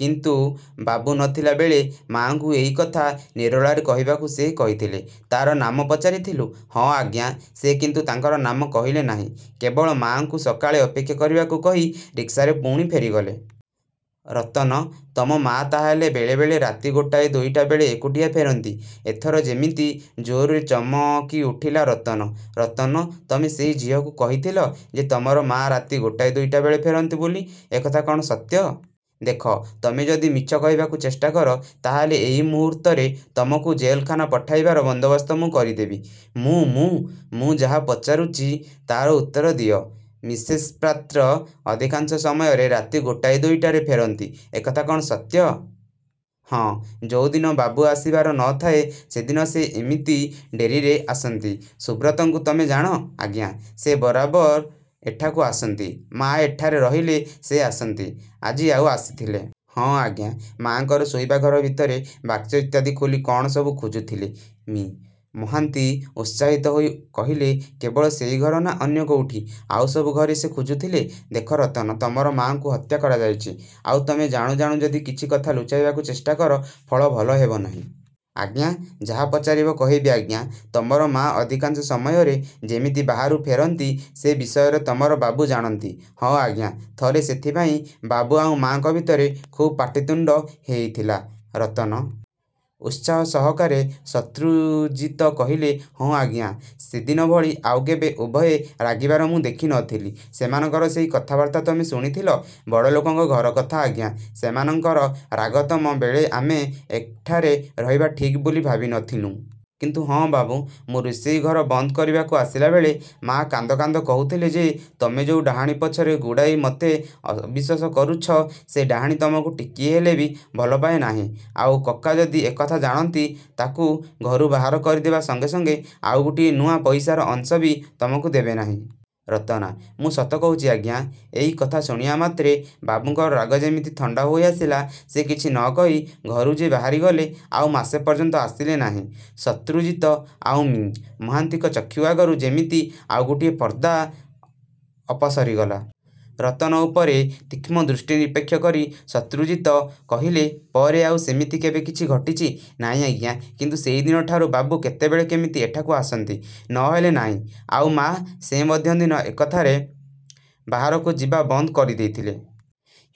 କିନ୍ତୁ ବାବୁ ନ ଥିଲା ବେଳେ ମାଆଙ୍କୁ ଏଇ କଥା ନିରୋଳାରେ କହିବାକୁ ସେ କହିଥିଲେ। ' 'ତା'ର ନାମ ପଚାରିଥିଲୁ? ' 'ହଁ ଆଜ୍ଞା! ସେ କିନ୍ତୁ ତାଙ୍କର ନାମ କହିଲେ ନାହିଁ। କେବଳ ମାଆଙ୍କୁ ସକାଳେ ଅପେକ୍ଷା କରିବାକୁ କହି ରିକ୍ସାରେ ପୁଣି ଫେରିଗଲେ। ' 'ରତନ, ତମ ମାଆ ତା'ହେଲେ ବେଳେବେଳେ ରାତି ଗୋଟାଏ ଦୁଇଟା ବେଳେ ଏକୁଟିଆ ଫେରନ୍ତି? ' ଏଥର ଯେମିତି ଜୋରରେ ଚମକିଉଠିଲା ରତନ। 'ରତନ, ତମେ ସେଇ ଝିଅକୁ କହିଥିଲ ଯେ ତମର ମାଆ ରାତି ଗୋଟାଏ ଦୁଇଟା ବେଳେ ଫେରନ୍ତି ବୋଲି। ଏକଥା କ'ଣ ସତ୍ୟ? ଦେଖ, ତମେ ଯଦି ମିଛ କହିବାକୁ ଚେଷ୍ଟା କର ତା'ହେଲେ ଏଇ ମୁହୂର୍ତ୍ତରେ ତମକୁ ଜେଲଖାନା ପଠାଇବାର ବନ୍ଦୋବସ୍ତ ମୁଁ କରିଦେବି। ' 'ମୁଁ ମୁଁ. ' 'ମୁଁ ଯାହା ପଚାରୁଛି ତା'ର ଉତ୍ତର ଦିଅ। ମିସେସ୍ପାତ୍ର ଅଧିକାଶଂ ସମୟରେ ରାତି ଗୋଟାଏ ଦୁଇଟାରେ ଫେରନ୍ତି, ଏକଥା କ'ଣ ସତ୍ୟ? ' 'ହଁ, ଯୋଉଦିନ ବାବୁ ଆସିବାର ନ ଥାଏ ସେଦିନ ସେ ଇମିତି ଡେରିରେ ଆସନ୍ତି। ' 'ସୁବ୍ରତଙ୍କୁ ତମେ ଜାଣ? ' 'ଆଜ୍ଞା। ' 'ସେ ବରାବର ଏଠାକୁ ଆସନ୍ତି? ' 'ମାଆ ଏଠାରେ ରହିଲେ ସେ ଆସନ୍ତି। ' 'ଆଜି ଆଉ ଆସିଥିଲେ? ' 'ହଁ, ଆଜ୍ଞା! ମାଆଙ୍କର ଶୋଇବା ଘର ଭିତରେ ବାକ୍ସ ଇତ୍ୟାଦି ଖୋଲି କ'ଣ ସବୁ ଖୋଜୁଥିଲେ। ' ମି: ମହାନ୍ତି ଉତ୍ସାହିତ ହୋଇ କହିଲେ, 'କେବଳ ସେଇ ଘର ନା ଅନ୍ୟ କୋଉଠି? ' 'ଆଉ ସବୁ ଘରେ ସେ ଖୋଜୁଥିଲେ। ' 'ଦେଖ ରତନ, ତମର ମାଆଙ୍କୁ ହତ୍ୟା କରାଯାଇଛି; ଆଉ ତମେ ଜାଣୁ ଜାଣୁ ଯଦି କିଛି କଥା ଲୁଚାଇବାକୁ ଚେଷ୍ଟା କର; ଫଳ ଭଲ ହେବ ନାହିଁ। ' 'ଆଜ୍ଞା, ଯାହା ପଚାରିବ କହିବି ଆଜ୍ଞା! ' 'ତମର ମାଆ ଅଧିକାଂଶ ସମୟରେ ଯେମିତି ବାହାରୁ ଫେରନ୍ତି, ସେ ବିଷୟରେ ତମର ବାବୁ ଜାଣନ୍ତି? ' 'ହଁ ଆଜ୍ଞା, ଥରେ ସେଥିପାଇଁ ବାବୁ ଆଉ ମାଆଙ୍କ ଭିତରେ ଖୁବ୍ ପାଟିତୁଣ୍ଡ ହେଇଥିଲା-। ' 'ରତନ! ' ଉତ୍ସାହ ସହକାରେ ଶତ୍ରୁଜିତ କହିଲେ। 'ହଁ ଆଜ୍ଞା! ସେଦିନଭଳି ଆଉ କେବେ ଉଭୟେ ରାଗିବାର ମୁଁ ଦେଖି ନ ଥିଲି। ' 'ସେମାନଙ୍କର ସେଇ କଥାବାର୍ତ୍ତା ତମେ ଶୁଣିଥିଲ? ' 'ବଡ଼ଲୋକଙ୍କ ଘରକଥା, ଆଜ୍ଞା! ସେମାନଙ୍କର ରାଗତମ ବେଳେ ଆମେ ଏଠାରେ ରହିବା ଠିକ୍ ବୋଲି ଭାବି ନ ଥିଲୁଁ। କିନ୍ତୁ ହଁ ବାବୁ! ମୁଁ ରୋଷେଇଘର ବନ୍ଦ କରିବାକୁ ଆସିଲାବେଳେ ମାଆ କାନ୍ଦ କାନ୍ଦ କହୁଥିଲେ ଯେ ତମେ ଯୋଉ ଡାହାଣୀ ପଛରେ ଗୋଡ଼ାଇ ମୋତେ ଅବିଶ୍ୱାସ କରୁଛ, ସେ ଡାହାଣୀ ତମକୁ ଟିକିଏ ହେଲେ ବି ଭଲ ପାଏ ନାହିଁ। ଆଉ କକା ଯଦି ଏକଥା ଜାଣନ୍ତି, ତାକୁ ଘରୁ ବାହାର କରିଦେବା ସଙ୍ଗେ ସଙ୍ଗେ ଆଉ ଗୋଟିଏ ନୂଆ ପଇସାର ଅଂଶ ବି ତମକୁ ଦେବେ ନାହିଁ। ' 'ରତନ! ' 'ମୁଁ ସତ କହୁଚି, ଆଜ୍ଞା! ଏଇ କଥା ଶୁଣିବା ମାତ୍ରେ ବାବୁଙ୍କର ରାଗ ଯେମିତି ଥଣ୍ଡା ହୋଇଆସିଲା। ସେ କିଛି ନ କହି ଘରୁ ଯେ ବାହାରିଗଲେ ଆଉ ମାସେ ପର୍ଯ୍ୟନ୍ତ ଆସିଲେ ନାହିଁ। '। ଶତ୍ରୁଜିତ ଆଉ ମି: ମହାନ୍ତିଙ୍କ ଚକ୍ଷୁ ଆଗରୁ ଯେମିତି ଆଉ ଗୋଟିଏ ପର୍ଦ୍ଦା ଅପସରିଗଲା-। ରତନ ଉପରେ ତୀକ୍ଷ୍ଣ ଦୃଷ୍ଟି ନିକ୍ଷେପ କରି ଶତ୍ରୁଜିତ କହିଲେ, 'ପରେ ଆଉ ସେମିତି କେବେ କିଛି ଘଟିଚି? ' 'ନାହିଁ ଆଜ୍ଞା! କିନ୍ତୁ ସେଇଦିନଠାରୁ ବାବୁ କେତେବେଳେ କେମିତି ଏଠାକୁ ଆସନ୍ତି, ନ ହେଲେ ନାହିଁ। ' 'ଆଉ ମା? ' 'ସେ ମଧ୍ୟ ଦିନ ଏକଥାରେ ବାହାରକୁ ଯିବା ବନ୍ଦ କରିଦେଇଥିଲେ।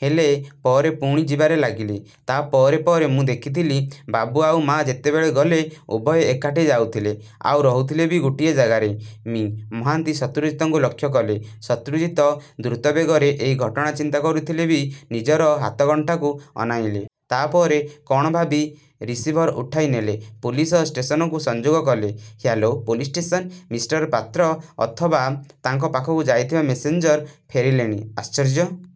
ହେଲେ ପରେ ପୁଣି ଯିବାରେ ଲାଗିଲେ। ତା'ପରେ ପରେ ମୁଁ ଦେଖିଥିଲି, ବାବୁ ଆଉ ମା ଯେତେବେଳେ ଗଲେ, ଉଭୟେ ଏକାଠି ଯାଉଥିଲେ ଆଉ ରହୁଥିଲେ ବି ଗୋଟିଏ ଜାଗାରେ। ' ମି: ମହାନ୍ତି ଶତ୍ରୁଜିତଙ୍କୁ ଲକ୍ଷ୍ୟ କଲେ। ଶତ୍ରୁଜିତ ଦ୍ରୁତବେଗରେ ଏଇ ଘଟଣା ଚିନ୍ତା କରୁଥିଲେ ବି ନିଜର ହାତଘଣ୍ଟାକୁ ଅନାଇଲେ। ତା'ପରେ କଣ ଭାବି ରିସିଭର ଉଠାଇନେଇ ପୋଲିସ ଷ୍ଟେସନକୁ ସଂଯୋଗ କଲେ। 'Hello police station! Mister Patra ଅଥବା ତାଙ୍କ ପାଖକୁ ଯାଇଥିବା ମେସେଞ୍ଜର ଫେରିଲେଣି? ' 'ଆଶ୍ଚର୍ଯ୍ୟ '!